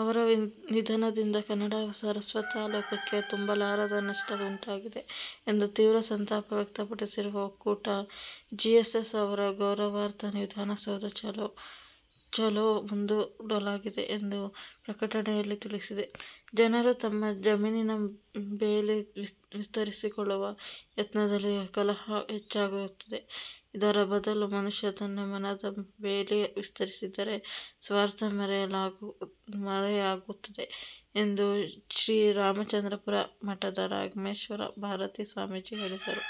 ಅವರ ನಿಧನದಿಂದ ಕನ್ನಡ ಸಾರಸ್ವತಾ ಲೋಕಕ್ಕೆ ತುಂಬಲಾರದ ನಷ್ಟ ಉಂಟಾಗಿದೆ ಎಂದು ತೀವ್ರ ಸಂತಾಪ ವ್ಯಕ್ತಪಡಿಸಿರುವ ಒಕ್ಕೂಟ, ಜಿಎಸ್ಎಸ್ ಅವರ ಗೌರವಾರ್ಥ ವಿಧಾನಸೌಧ ಚಲೋ ಮುಂದೂಡಲಾಗಿದೆ ಎಂದು ಪ್ರಕಟಣೆಯಲ್ಲಿ ತಿಳಿಸಿದೆ. ಜನರು ತಮ್ಮ ಜಮೀನಿನ ಬೇಲಿ ವಿಸ್ತರಿಸಿಕೊಳ್ಳುವ ಯತ್ನದಲ್ಲಿ ಕಲಹ ಹೆಚ್ಚಾಗುತ್ತಿದೆ. ಇದರ ಬದಲು ಮನುಷ್ಯ ತನ್ನ ಮನದ ಬೇಲಿ ವಿಸ್ತರಿಸಿದರೆ ಸ್ವಾರ್ಥ ಮರೆಯಾಗುತ್ತದೆ ಎಂದು ಶ್ರೀರಾಮಚಂದ್ರಾಪುರ ಮಠದ ರಾಘವೇಶ್ವರ ಭಾರತೀ ಸ್ವಾಮೀಜಿ ಹೇಳಿದ್ದಾರೆ.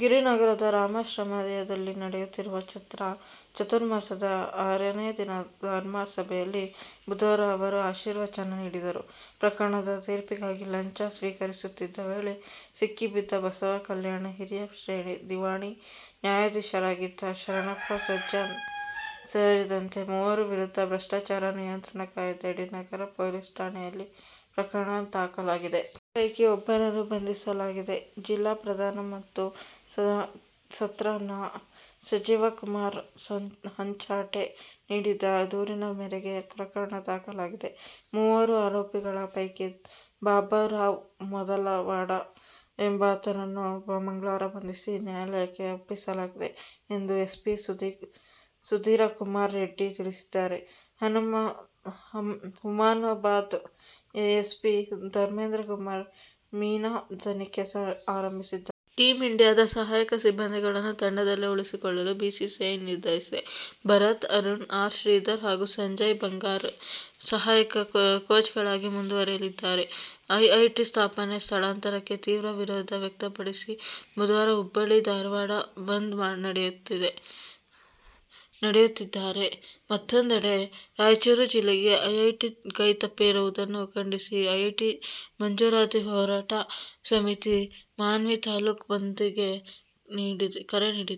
ಗಿರಿನಗರದ ರಾಮಾಶ್ರಮಯದಲ್ಲಿ ನಡೆಯುತ್ತಿರುವ ಛಾತ್ರ ಚಾತುರ್ಮಾಸ್ಯದ ಆರನೇ ದಿನದ ಧರ್ಮ ಸಭೆಯಲ್ಲಿ ಬುಧವಾರ ಅವರು ಆಶೀರ್ವಚನ ನೀಡಿದರು. ಪ್ರಕರಣದ ತೀರ್ಪಿಗಾಗಿ ಲಂಚ ಸ್ವೀಕರಿಸುತ್ತಿದ್ದ ವೇಳೆ ಸಿಕ್ಕಿಬಿದ್ದ ಬಸವಕಲ್ಯಾಣ ಹಿರಿಯ ಶ್ರೇಣಿ ದಿವಾಣಿ ನ್ಯಾಯಾಧೀಶರಾಗಿದ್ದ ಶರಣಪ್ಪ ಸಜ್ಜನ ಸೇರಿದಂತೆ ಮೂವರ ವಿರುದ್ಧ ಭ್ರಷ್ಟಾಚಾರ ನಿಯಂತ್ರಣ ಕಾಯ್ದೆಯಡಿ ನಗರ ಪೊಲೀಸ್ ಠಾಣೆಯಲ್ಲಿ ಪ್ರಕರಣ ದಾಖಲಾಗಿದೆ. ಈ ಪೈಕಿ ಒಬ್ಬನನ್ನು ಬಂಧಿಸಲಾಗಿದೆ. ಜಿಲ್ಲಾ ಪ್ರಧಾನ ಮತ್ತು ಸತ್ರ ನ್ಯಾ. ಸಂಜೀವಕುಮಾರ ಹಂಚಾಟೆ ನೀಡಿದ ದೂರಿನ ಮೇರೆಗೆ ಪ್ರಕರಣ ದಾಖಲಾಗಿದೆ. ಮೂವರು ಆರೋಪಿಗಳ ಪೈಕಿ ಬಾಬುರಾವ್ ಮದಲವಾಡ ಎಂಬಾತನನ್ನು ಮಂಗಳವಾರ ಬಂಧಿಸಿ ನ್ಯಾಯಾಲಯಕ್ಕೆ ಒಪ್ಪಿಸಲಾಗಿದೆ ಎಂದು ಎಸ್ಪಿ ಸುಧೀರಕುಮಾರ ರೆಡ್ಡಿ ತಿಳಿಸಿದ್ದಾರೆ. ಹುಮನಾಬಾದ ಎಎಸ್ಪಿ ಧಮೇಂದ್ರಕುಮಾರ ಮೀನಾ ತನಿಖೆ ಆರಂಭಿಸಿದ್ದಾರೆ. ಟೀಂ ಇಂಡಿಯಾದ ಸಹಾಯಕ ಸಿಬ್ಬಂದಿಗಳನ್ನು ತಂಡದಲ್ಲೇ ಉಳಿಸಿಕೊಳ್ಳಲು ಬಿಸಿಸಿಐ ನಿರ್ಧರಿಸಿದೆ. ಭರತ್ ಅರುಣ್, ಆರ್. ಶ್ರೀಧರ್ ಹಾಗೂ ಸಂಜಯ್ ಬಂಗಾರ್ ಸಹಾಯಕ ಕೋಚ್ಗಳಾಗಿ ಮುಂದುವರಿಯಲಿದ್ದಾರೆ. ಐಐಟಿ ಸ್ಥಾಪನೆ ಸ್ಥಳಾಂತರಕ್ಕೆ ತೀವ್ರ ವಿರೋಧ ವ್ಯಕ್ತಪಡಿಸಿ ಬುಧವಾರ ಹುಬ್ಬಳ್ಳಿ, ಧಾರವಾಡ ಬಂದ್ ನಡೆಯುತ್ತಿದ್ದರೆ, ಮತ್ತೊಂದೆಡೆ ರಾಯಚೂರು ಜಿಲ್ಲೆಗೆ ಐಐಟಿ ಕೈತಪ್ಪಿರುವುದನ್ನು ಖಂಡಿಸಿ ಐಐಟಿ ಮಂಜೂರಾತಿ ಹೋರಾಟ ಸಮಿತಿ ಮಾನ್ವಿ ತಾಲೂಕು ಬಂದ್ ಗೆ ಕರೆ ನೀಡಿದೆ.